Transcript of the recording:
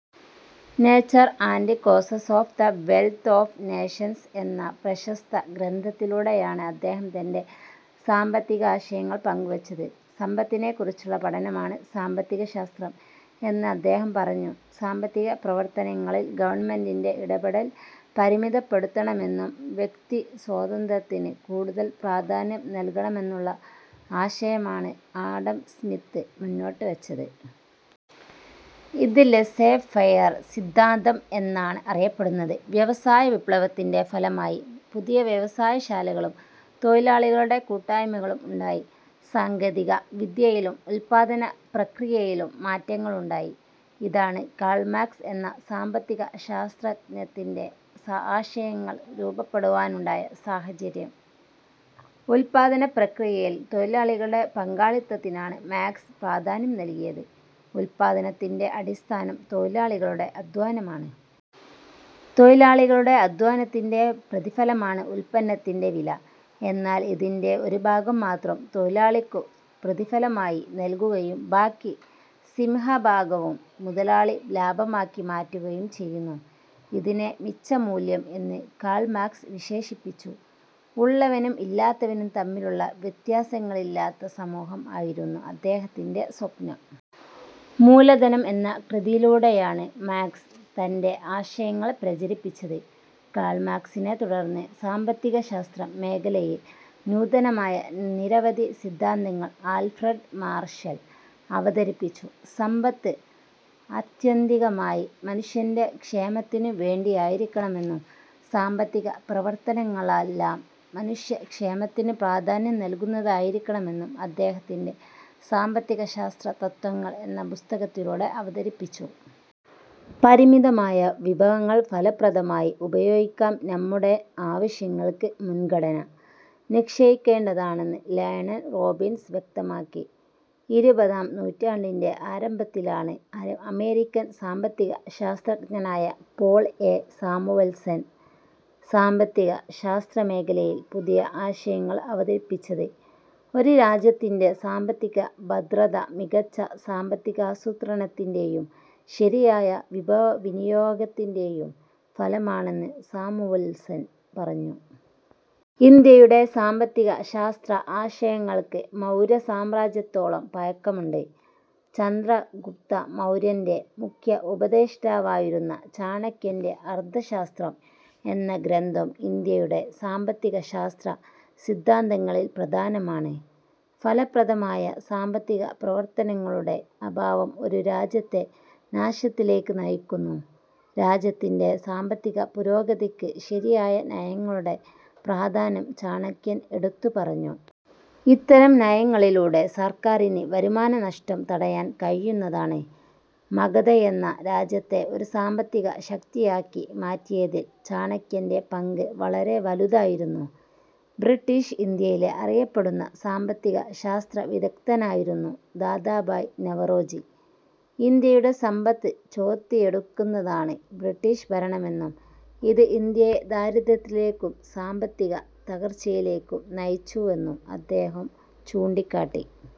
'Nature and causes of the wealth of nations' എന്ന പ്രശസ്ത ഗ്രന്ഥത്തിലൂടെയാണ് അദ്ദേഹം തന്റെ സാമ്പത്തികാശയങ്ങൾ പങ്കുവച്ചത്. സമ്പത്തിനെക്കുറിച്ചുള്ള പഠനമാണ് സാമ്പത്തികശാസ്ത്രം എന്ന് അദ്ദേഹം പറഞ്ഞു. സാമ്പത്തിക പ്രവർത്തനങ്ങളിൽ ഗവൺമെന്റിന്റെ ഇടപെടൽ പരിമിതപ്പെടുത്തണമെന്നും വ്യക്തിസ്വാതന്ത്ര്യത്തിന് കൂടുതൽ പ്രാധാന്യം നൽകണമെന്നുമുള്ള ആശയമാണ് ആഡം സ്മിത്ത് മുന്നോട്ടുവച്ചത്. ഇത് ലെസേഫെയർ സിദ്ധാന്തം എന്നാണ് അറിയപ്പെടുന്നത്. വ്യവസായവിപ്ലവത്തിന്റെ ഫലമായി പുതിയ വ്യവസായശാലകളും തൊഴിലാളികളുടെ കൂട്ടായ്മകളും ഉണ്ടായി. സാങ്കേതിക വിദ്യയിലും ഉൽപ്പാദന പ്രക്രിയയിലും മാറ്റങ്ങളുണ്ടായി. ഇതാണ് കാൾ മാർക്സ് എന്ന സാമ്പത്തികശാസ്ത്രജ്ഞന്റെ ആശയങ്ങൾ രൂപപ്പെടുവാനുണ്ടായ സാഹചര്യം. ഉൽപ്പാദനപ്രക്രിയയിൽ തൊഴിലാളികളുടെ പങ്കാളിത്തത്തിനാണ് മാർക്സ് പ്രാധാന്യം നൽകിയത്. ഉല്പാദനത്തിന്റെ അടിസ്ഥാനം തൊഴിലാളികളുടെ അധ്വാനമാണ്. തൊഴിലാളികളുടെ അധ്വാനത്തിന്റെ പ്രതിഫലമാണ് ഉല്പന്നത്തിന്റെ വില. എന്നാൽ ഇതിന്റെ ഒരു ഭാഗം മാത്രം തൊഴിലാളിക്കു പ്രതിഫലമായി നൽകുകയും ബാക്കി സിംഹഭാഗവും മുതലാളി ലാഭമാക്കി മാറ്റുകയും ചെയ്യുന്നു. ഇതിനെ മിച്ചമൂല്യം എന്ന് കാൾ മാർക്സ് വിശേഷിപ്പിച്ചു. ഉള്ളവനും ഇല്ലാത്തവനും തമ്മിലുള്ള വ്യത്യാസങ്ങളില്ലാത്ത സമൂഹം ആയിരുന്നു അദ്ദേഹത്തിന്റെ സ്വപ്നം. മൂലധനം എന്ന കൃതിയിലൂടെയാണ് മാർക്സ് തന്റെ ആശയങ്ങൾ പ്രചരിപ്പിച്ചത്. കാൾ മാർക്സിനെത്തുടർന്ന് സാമ്പത്തികശാസ്ത്ര മേഖലയിൽ നൂതനമായ നിരവധി സിദ്ധാന്തങ്ങൾ ആൽഫ്രഡ് മാർഷൽ അവതരിപ്പിച്ചു. സമ്പത്ത് ആത്യന്തികമായി മനുഷ്യന്റെ ക്ഷേമത്തിനു വേണ്ടിയായിരിക്കണമെന്നും സാമ്പത്തിക പ്രവർത്തനങ്ങളെല്ലാം മനുഷ്യ ക്ഷേമത്തിനു പ്രാധാന്യം നൽകുന്നതായിരിക്കണമെന്നും അദ്ദേഹത്തിന്റെ സാമ്പത്തികശാസ്ത്ര തത്വങ്ങൾ' എന്ന പുസ്തകത്തിലൂടെ അവതരിപ്പിച്ചു. പരിമിതമായ വിഭവങ്ങൾ ഫലപ്രദമായി ഉപയോഗിക്കാൻ നമ്മുടെ ആവശ്യങ്ങൾക്ക് മുൻഗണന നിശ്ചയിക്കേണ്ടതാണെന്ന് ലയണൽ റോബിൻസ് വ്യക്തമാക്കി. ഇരുപതാം നൂറ്റാണ്ടിന്റെ ആരംഭത്തിലാണ് അമേരിക്കൻ സാമ്പത്തിക ശാസ്ത്രജ്ഞനായ പോൾ എ. സാമുവൽസൺ സാമ്പത്തിക ശാസ്ത്രമേഖലയിൽ പുതിയ ആശയങ്ങൾ അവതരിപ്പിച്ചത്. ഒരു രാജ്യത്തിന്റെ സാമ്പത്തിക ഭദ്രത, മികച്ച സാമ്പത്തികാസൂത്രണത്തിന്റെയും ശരിയായ വിഭവവിനിയോഗത്തിന്റെയും ഫലമാണെന്ന് സാമുവൽസൺ പറഞ്ഞു. ഇന്ത്യയുടെ സാമ്പത്തിക ശാസ്ത്രആശയങ്ങൾക്ക് മൗര്യസാമ്രാജ്യത്തോളം പഴക്കമുണ്ട്. ചന്ദ്രഗുപ്ത മൗര്യന്റെ മുഖ്യ ഉപദേഷ്ടാവായിരുന്ന ചാണക്യന്റെ അർത്ഥശാസ്ത്രം എന്ന ഗ്രന്ഥം ഇന്ത്യയുടെ സാമ്പത്തികശാസ്ത്ര സിദ്ധാന്തങ്ങളിൽ പ്രധാനമാണ്. ഫലപ്രദമായ സാമ്പത്തിക പ്രവർത്തനങ്ങളുടെ അഭാവം ഒരു രാജ്യത്തെ നാശത്തിലേക്ക് നയിക്കുന്നു. രാജ്യത്തിന്റെ സാമ്പത്തിക പുരോഗതിക്ക് ശരിയായ നയങ്ങളുടെ പ്രാധാന്യം ചാണക്യൻ എടുത്തു പറഞ്ഞു. ഇത്തരം നയങ്ങളിലൂടെ സർക്കാരിന് വരുമാനനഷ്ടം തടയാൻ കഴിയുന്നതാണ്. മഗധയെന്ന രാജ്യത്തെ ഒരു സാമ്പത്തിക ശക്തിയാക്കി മാറ്റിയതിൽ ചാണക്യന്റെ പങ്ക് വളരെ വലുതായിരുന്നു. ബ്രിട്ടീഷ് ഇന്ത്യയിലെ അറിയപ്പെടുന്ന സാമ്പത്തിക ശാസ്ത്ര വിദഗ്ധനായിരുന്നു ദാദാഭായ് നവറോജി. ഇന്ത്യയുടെ സമ്പത്ത് ചോർത്തിയെടുക്കുന്നതാണ് ബ്രിട്ടീഷ് ഭരണമെന്നും, ഇത് ഇന്ത്യയെ ദാരിദ്ര്യത്തിലേക്കും സാമ്പത്തിക തകർച്ചയിലേക്കും നയിച്ചുവെന്നും അദ്ദേഹം ചൂണ്ടിക്കാട്ടി.